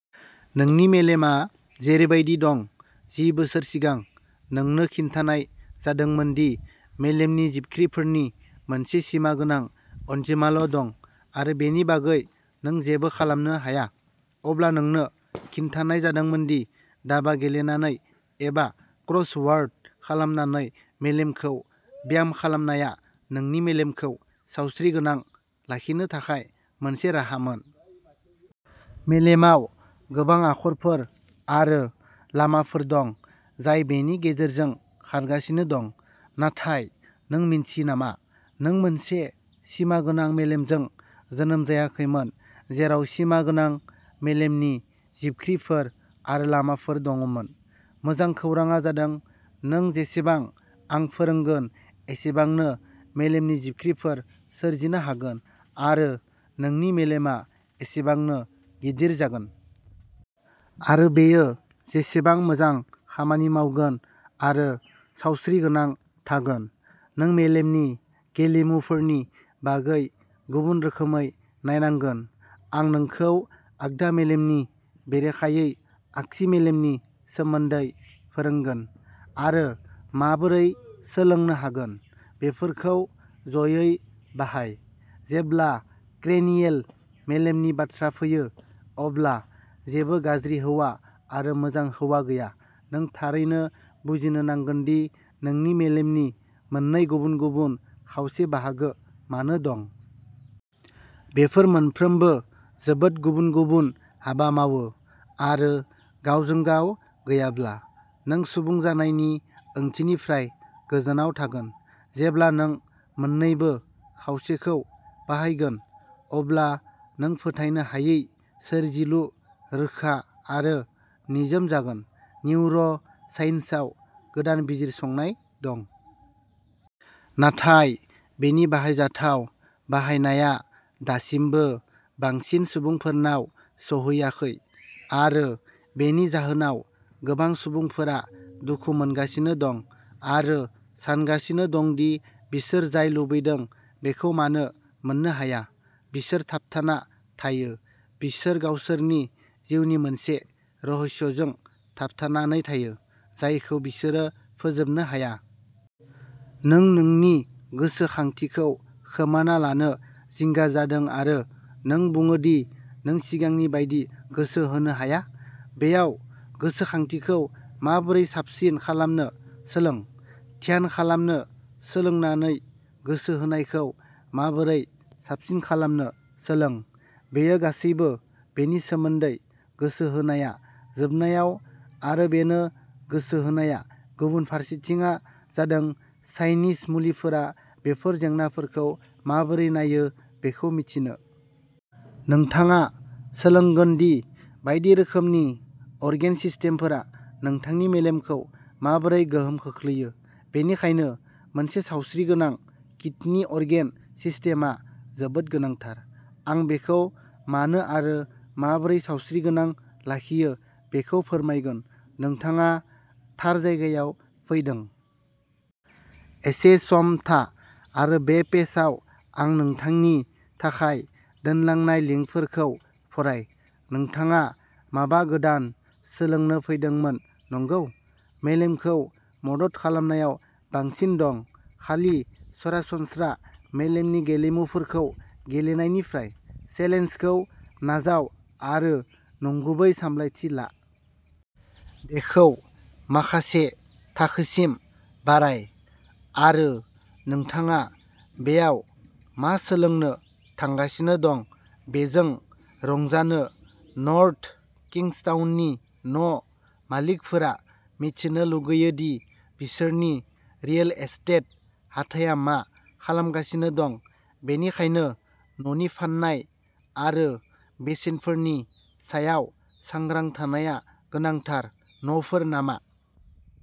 नोंनि मेलेमआ जेरैबादि दं जि बोसोर सिगां, नोंनो खिन्थानाय जादोंमोन दि मेलेमनि जिबख्रिफोरनि मोनसे सिमा गोनां अनजिमाल' दं आरो बेनि बागै नों जेबो खालामनो हाया। अब्ला नोंनो खिन्थानाय जादोंमोन दि दाबा गेलेनानै एबा क्रस वर्ड खालामनानै मेलेमखौ ब्याम खालामनाया नोंनि मेलेमखौ सावस्रिगोनां लाखिनो थाखाय मोनसे राहामोन। मेलेमाव गोबां हाखरफोर आरो लामाफोर दं जाय बेनि गेजेरजों खारगासिनो दं। नाथाय, नों मिन्थियो नामा? नों मोनसे सिमा गोनां मेलेमजों जोनोम जायाखैमोन जेराव सिमा गोनां मेलेमनि जिबख्रिफोर आरो लामाफोर दंमोन। मोजां खौरांआ जादों नों जेसेबां आं फोरोंगोन एसेबांनो मेलेमनि जिबख्रिफोर सोरजिनो हागोन आरो नोंनि मेलेमआ एसेबांनो गिदिर जागोन। आरो बेयो जेसेबां मोजां खामानि मावगोन आरो सावस्रिगोनां थागोन। नों मेलेमनि गेलेमुफोरनि बागै गुबुन रोखोमै नायनांगोन। आं नोंखौ आगदा मेलेमनि बेरेखायै आगसि मेलेमनि सोमोन्दै फोरोंगोन। आरो माबोरै सोलोंनो हागोन। बेफोरखौ जयै बाहाय। जेब्ला क्रेनियेल मेलेमनि बाथ्रा फैयो, अब्ला जेबो गाज्रि हौवा आरो मोजां हौवा गैया नों थारैनो बुजिनो नांगोन दि नोंनि मेलेमनि मोननै गुबुन-गुबुन खावसे बाहागो मानो दं। बेफोर मोनफ्रोमबो जोबोद गुबुन-गुबुन हाबा मावो आरो गावजों-गाव गैयाब्ला, नों सुबुं जानायनि ओंथिनिफ्राय गोजानाव थागोन। जेब्ला नों मोन्नैबो खावसेखौ बाहायगोन, अब्ला नों फोथायनो हायै सोरजिलु, रोखा आरो निजोम जागोन। निउर' साइन्सआव गोदान बिजिरसंनाय दं। नाथाय बेनि बाहायजाथाव बाहायनाया दासिमबो बांसिन सुबुंफोरनाव सौहैयाखै। आरो बेनि जाहोनाव, गोबां सुबुंफोरा दुखु मोनगासिनो दं आरो सानगासिनो दं दि बिसोर जाय लुबैदों बेखौ मानो मोननो हाया। बिसोर थाबथाना थायो। बिसोर गावसोरनि जिउनि मोनसे रहस्यजों थाबथानानै थायो जायखौ बिसोरो फोजोबनो हाया। नों नोंनि गोसोखांथिखौ खोमाना लानो जिंगा जादों आरो नों बुङो दि नों सिगांनि बायदि गोसो होनो हाया? बेयाव गोसोखांथिखौ माबोरै साबसिन खालामनो सोलों। ध्यान खालामनो सोलोंनानै गोसो होनायखौ माबोरै साबसिन खालामनो सोलों। बेयो गासैबो बेनि सोमोन्दै गोसो होनाया, जोबनायाव आरो बेनो गोसो होनाया गुबुन फारसेथिंआ जादों चाइनिज मुलिफोरा बेफोर जेंनाफोरखौ माबोरै नायो बेखौ मिथिनो। नोंथाङा सोलोंगोन दि बायदि रोखोमनि अर्गेन सिस्टेमफोरा नोंथांनि मेलेमखौ माबोरै गोहोम खोख्लैयो। बेनिखायनो मोनसे सावस्रिगोनां किडनि अर्गेन सिस्टेमआ जोबोद गोनांथार। आं बेखौ मानो आरो माबोरै सावस्रिगोनां लाखियो बेखौ फोरमायगोन। नोंथाङा थार जायगायाव फैदों। एसे सम था आरो बे पेजआव आं नोंथांनि थाखाय दोनलांनाय लिंकफोरखौ फराय। नोंथाङा माबा गोदान सोलोंनो फैदोंमोन, नंगौ? मेलेमखौ मदद खालामनायाव बांसिन दं, खालि सरासनस्रा मेलेमनि गेलेमुफोरखौ गेलेनायनिफ्राय। चेलेन्जखौ नाजाव आरो नंगुबै सामलायथि ला। बेखौ माखासे थाखोसिम बाराय आरो नोंथाङा बेयाव मा सोलोंनो थांगासिनो दं बेजों रंजानो नर्थ किंग्सटाउननि न' मालिकफोरा मिथिनो लुगैयो दि बिसोरनि रियेल एस्टेट हाथाया मा खालामगासिनो दं, बेनिखायनो न'नि फान्नाय आरो बेसेनफोरनि सायाव सांग्रां थानाया गोनांथार। न'फोर नामा?